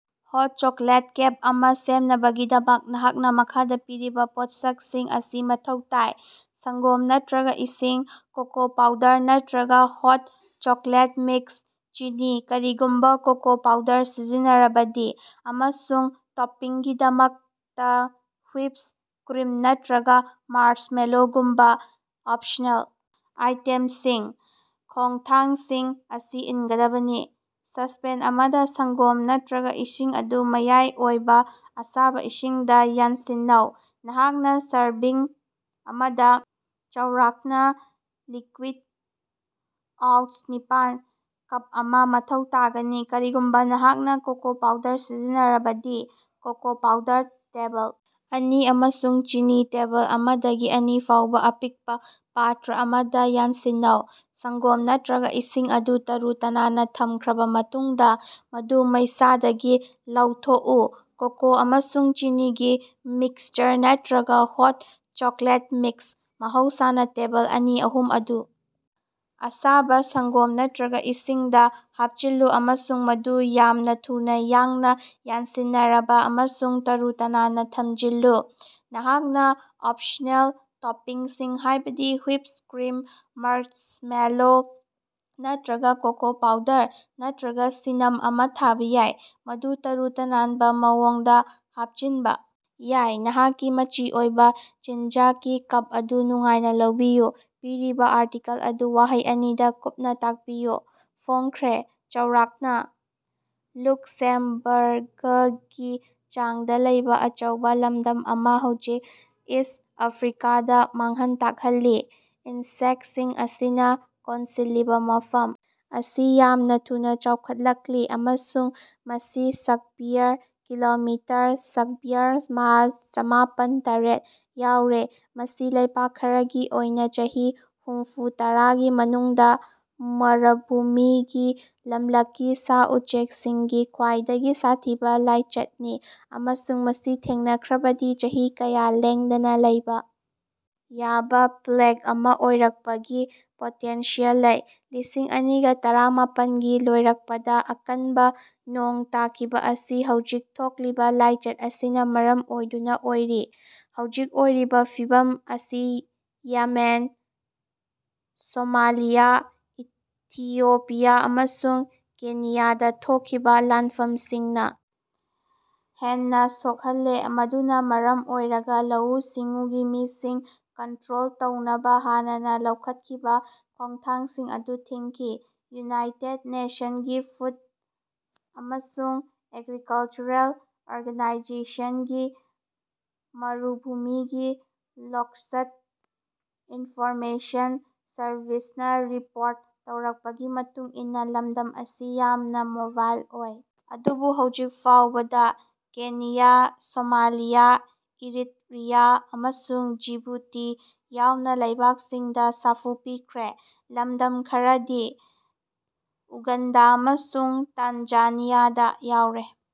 ꯍꯣꯠ chocolate cup ꯑꯃ ꯁꯦꯝꯅꯕꯒꯤꯗꯃꯛ ꯅꯍꯥꯛꯅ ꯃꯈꯥꯗ ꯄꯤꯔꯤꯕ ꯄꯣꯠꯁꯛꯁꯤꯡ ꯑꯁꯤ ꯃꯊꯧ ꯇꯥꯏ: ꯁꯪꯒꯣꯝ ꯅꯠꯇ꯭ꯔꯒ ꯏꯁꯤꯡ, ꯀꯣꯀꯣ ꯄꯥꯎꯗꯔ ꯅꯠꯇ꯭ꯔꯒ ꯍꯣꯠ ꯆꯣꯀꯣꯂꯦꯠ ꯃꯤꯛꯁ, ꯆꯤꯅꯤ (ꯀꯔꯤꯒꯨꯝꯕ ꯀꯣꯀꯣ ꯄꯥꯎꯗꯔ ꯁꯤꯖꯤꯟꯅꯔꯕꯗꯤ), ꯑꯃꯁꯨꯡ ꯇꯣꯄꯤꯡꯒꯤꯗꯃꯛꯇ ꯍꯨꯏꯞ ꯀ꯭ꯔꯤꯝ ꯅꯠꯇ꯭ꯔꯒ ꯃꯥꯔꯁꯃꯦꯂꯣꯒꯨꯝꯕ ꯑꯣꯞꯁꯅꯦꯜ ꯑꯥꯏꯇꯦꯝꯁꯤꯡ꯫ ꯈꯣꯡꯊꯥꯡꯁꯤꯡ ꯑꯁꯤ ꯏꯟꯒꯗꯕꯅꯤ: ꯁꯁꯄꯦꯟ ꯑꯃꯗ ꯁꯪꯒꯣꯝ ꯅꯠꯇ꯭ꯔꯒ ꯏꯁꯤꯡ ꯑꯗꯨ ꯃꯌꯥꯏ ꯑꯣꯏꯕ ꯑꯁꯥꯕ ꯏꯁꯤꯡꯗ ꯌꯥꯟꯁꯤꯟꯅꯧ꯫ ꯅꯍꯥꯛꯅ ꯁꯔꯚꯤꯡ ꯑꯃꯗ ꯆꯥꯎꯔꯥꯛꯅ ꯂꯤꯀ꯭ꯌꯨꯏꯗ ꯑꯣꯎꯟꯁ ꯅꯤꯄꯥꯟ(ꯀꯞ ꯑꯃ) ꯃꯊꯧ ꯇꯥꯒꯅꯤ꯫ ꯀꯔꯤꯒꯨꯝꯕ ꯅꯍꯥꯛꯅ ꯀꯣꯀꯣ ꯄꯥꯎꯗꯔ ꯁꯤꯖꯤꯟꯅꯔꯕꯗꯤ, ꯀꯣꯀꯣ ꯄꯥꯎꯗꯔ ꯇꯦꯕꯜ ꯑꯅꯤ ꯑꯃꯁꯨꯡ ꯆꯤꯅꯤ ꯇꯦꯕꯜ ꯑꯃꯗꯒꯤ ꯑꯅꯤ ꯐꯥꯎꯕ ꯑꯄꯤꯛꯄ ꯄꯥꯇ꯭ꯔ ꯑꯃꯗ ꯌꯥꯟꯁꯤꯟꯅꯧ꯫ ꯁꯪꯒꯣꯝ ꯅꯠꯇ꯭ꯔꯒ ꯏꯁꯤꯡ ꯑꯗꯨ ꯇꯔꯨ-ꯇꯅꯥꯟꯅ ꯊꯝꯈ꯭ꯔꯕ ꯃꯇꯨꯡꯗ ꯃꯗꯨ ꯃꯩꯁꯥꯗꯒꯤ ꯂꯧꯊꯣꯛꯎ꯫ ꯀꯣꯀꯣ ꯑꯃꯁꯨꯡ ꯆꯤꯅꯤꯒꯤ ꯃꯤꯛꯁꯆꯔ, ꯅꯠꯇ꯭ꯔꯒ ꯍꯣꯠ ꯆꯣꯀꯣꯂꯦꯠ ꯃꯤꯛꯁ (ꯃꯍꯧꯁꯥꯅꯥ ꯇꯦꯕꯜ ꯑꯅꯤ-ꯑꯍꯨꯝ) ꯑꯗꯨ ꯑꯁꯥꯕ ꯁꯪꯒꯣꯝ ꯅꯠꯇ꯭ꯔꯒ ꯏꯁꯤꯡꯗ ꯍꯥꯞꯆꯤꯜꯂꯨ ꯑꯃꯁꯨꯡ ꯃꯗꯨ ꯌꯥꯝꯅ ꯊꯨꯅ ꯌꯥꯡꯅ ꯌꯥꯟꯁꯤꯟꯅꯔꯕ ꯑꯃꯁꯨꯡ ꯇꯔꯨ-ꯇꯅꯥꯟꯅ ꯊꯝꯖꯤꯜꯂꯨ꯫ ꯅꯍꯥꯛꯅ ꯑꯣꯞꯁꯅꯦꯜ ꯇꯣꯄꯤꯡꯁꯤꯡ ꯍꯥꯏꯕꯗꯤ ꯍꯨꯏꯞ ꯀ꯭ꯔꯤꯝ, ꯃꯥꯔꯁꯃꯦꯂꯣ ꯅꯠꯇ꯭ꯔꯒ ꯀꯣꯀꯣ ꯄꯥꯎꯗꯔ ꯅꯠꯇ꯭ꯔꯒ ꯁꯤꯅꯥꯝ ꯑꯃ ꯊꯥꯕ ꯌꯥꯏ, ꯃꯗꯨ ꯇꯔꯨ-ꯇꯅꯥꯟꯕ ꯃꯑꯣꯡꯗ ꯍꯥꯞꯆꯤꯟꯕ ꯌꯥꯏ꯫ ꯅꯍꯥꯛꯀꯤ ꯃꯆꯤ ꯑꯣꯏꯕ ꯆꯤꯟꯖꯥꯛꯀꯤ ꯀꯞ ꯑꯗꯨ ꯅꯨꯡꯉꯥꯏꯅ ꯂꯧꯕꯤꯌꯨ꯫ ꯄꯤꯔꯤꯕ ꯑꯥꯔꯇꯤꯀꯜ ꯑꯗꯨ ꯋꯥꯍꯩ ꯑꯅꯤꯗ ꯀꯨꯞꯅ ꯇꯥꯛꯄꯤꯌꯨ꯫ ꯐꯣꯡꯈ꯭ꯔꯦ꯫ ꯆꯥꯎꯔꯥꯛꯅ ꯂꯨꯛꯁꯦꯝꯕꯥꯔꯒꯀꯤ ꯆꯥꯡꯗ ꯂꯩꯕ ꯑꯆꯧꯕ ꯂꯝꯗꯝ ꯑꯃꯅ ꯍꯧꯖꯤꯛ ꯏꯁ꯭ꯠ ꯑꯥꯐ꯭ꯔꯤꯀꯥꯗ ꯃꯥꯡꯍꯟ ꯇꯥꯛꯍꯜꯂꯤ꯫ ꯏꯟꯁꯦꯛꯇꯁꯤꯡ ꯑꯁꯤꯅ ꯀꯣꯟꯁꯤꯜꯂꯤꯕ ꯃꯐꯝ ꯑꯁꯤ ꯌꯥꯝꯅ ꯊꯨꯅ ꯆꯥꯎꯈꯠꯂꯛꯂꯤ ꯑꯃꯁꯨꯡ ꯃꯁꯤ ꯁꯛꯕ꯭ꯌꯥꯔ ꯀꯤꯂꯣꯃꯤꯇꯔ (ꯁꯛꯕ꯭ꯌꯥꯔ ꯃꯥꯏꯜ ꯆꯃꯥꯄꯟ ꯇꯔꯦꯠ) ꯌꯥꯎꯔꯦ꯫ ꯃꯁꯤ ꯂꯩꯕꯛ ꯈꯔꯒꯤ ꯑꯣꯏꯅ ꯆꯍꯤ ꯍꯨꯝꯐꯨꯇꯔꯥꯒꯤ ꯃꯅꯨꯡꯗ ꯃꯔꯨꯚꯨꯃꯤꯒꯤ ꯂꯝꯂꯛꯀꯤ ꯁꯥ-ꯎꯆꯦꯛꯁꯤꯡꯒꯤ ꯈ꯭ꯋꯥꯏꯗꯒꯤ ꯁꯥꯊꯤꯕ ꯂꯥꯏꯆꯠꯅꯤ ꯑꯃꯁꯨꯡ ꯃꯁꯤ ꯊꯦꯡꯅꯈ꯭ꯔꯕꯗꯤ ꯆꯍꯤ ꯀꯌꯥ ꯂꯦꯡꯗꯅ ꯂꯩꯕ ꯌꯥꯕ ꯄ꯭ꯂꯦꯒ ꯑꯃ ꯑꯣꯏꯔꯛꯄꯒꯤ ꯄꯣꯇꯦꯟꯁꯤꯌꯦꯜ ꯂꯩ꯫ ꯂꯤꯁꯤꯡ ꯑꯅꯤꯒ ꯇꯔꯥꯃꯥꯄꯟ ꯒꯤ ꯂꯣꯏꯔꯛꯄꯗ ꯑꯀꯟꯕ ꯅꯣꯡ ꯇꯥꯈꯤꯕ ꯑꯁꯤ ꯍꯧꯖꯤꯛ ꯊꯣꯛꯂꯤꯕ ꯂꯥꯏꯆꯠ ꯑꯁꯤꯅ ꯃꯔꯝ ꯑꯣꯏꯗꯨꯅ ꯑꯣꯏꯔꯤ꯫ ꯍꯧꯖꯤꯛ ꯑꯣꯏꯔꯤꯕ ꯐꯤꯚꯝ ꯑꯁꯤ ꯌꯦꯃꯦꯟ, ꯁꯣꯃꯥꯂꯤꯌꯥ, ꯏꯊꯤꯑꯣꯄꯤꯌꯥ ꯑꯃꯁꯨꯡ ꯀꯦꯅꯤꯌꯥꯗ ꯊꯣꯛꯈꯤꯕ ꯂꯥꯟꯐꯝꯁꯤꯡꯅ ꯍꯦꯟꯅ ꯁꯣꯛꯍꯜꯂꯦ ꯃꯗꯨꯅ ꯃꯔꯝ ꯑꯣꯏꯔꯒ ꯂꯧꯎ-ꯁꯤꯡꯎꯒꯤ ꯃꯤꯁꯤꯡ ꯀꯟꯇ꯭ꯔꯣꯜ ꯇꯧꯅꯕ ꯍꯥꯟꯅꯅ ꯂꯧꯈꯠꯈꯤꯕ ꯈꯣꯡꯊꯥꯡꯁꯤꯡ ꯑꯗꯨ ꯊꯤꯡꯈꯤ꯫ ꯌꯨꯅꯥꯏꯇꯦꯗ ꯅꯦꯁꯟꯒꯤ ꯐꯨꯗ ꯑꯃꯁꯨꯡ ꯑꯦꯒ꯭ꯔꯤꯀꯜꯆꯔꯦꯜ ꯑꯣꯔꯒꯅꯥꯏꯖꯦꯁꯟꯒꯤ ꯃꯔꯨꯚꯨꯃꯤꯒꯤ ꯂꯣꯛꯁ꯭ꯠ ꯏꯟꯐꯣꯔꯃꯦꯁꯟ ꯁꯔꯚꯤꯁꯅ ꯔꯤꯄꯣꯔꯠ ꯇꯧꯔꯛꯄꯒꯤ ꯃꯇꯨꯡ ꯏꯟꯅ ꯂꯝꯗꯝ ꯑꯁꯤ ꯌꯥꯝꯅ ꯃꯣꯕꯥꯏꯜ ꯑꯣꯏ ꯑꯗꯨꯕꯨ ꯍꯧꯖꯤꯛ ꯐꯥꯎꯕꯗ ꯀꯦꯅꯤꯌꯥ, ꯁꯣꯃꯥꯂꯤꯌꯥ, ꯏꯔꯤꯠꯔꯤꯌꯥ ꯑꯃꯁꯨꯡ ꯖꯤꯕꯨꯇꯤ ꯌꯥꯎꯅ ꯂꯩꯕꯥꯛꯁꯤꯡꯗ ꯁꯥꯐꯨ ꯄꯤꯈ꯭ꯔꯦ꯫ ꯂꯃꯗꯝ ꯈꯔꯗꯤ ꯎꯒꯥꯟꯗꯥ ꯑꯃꯁꯨꯡ ꯇꯥꯟꯖꯥꯅꯤꯌꯥꯗꯥ ꯌꯥꯎꯔꯦ꯫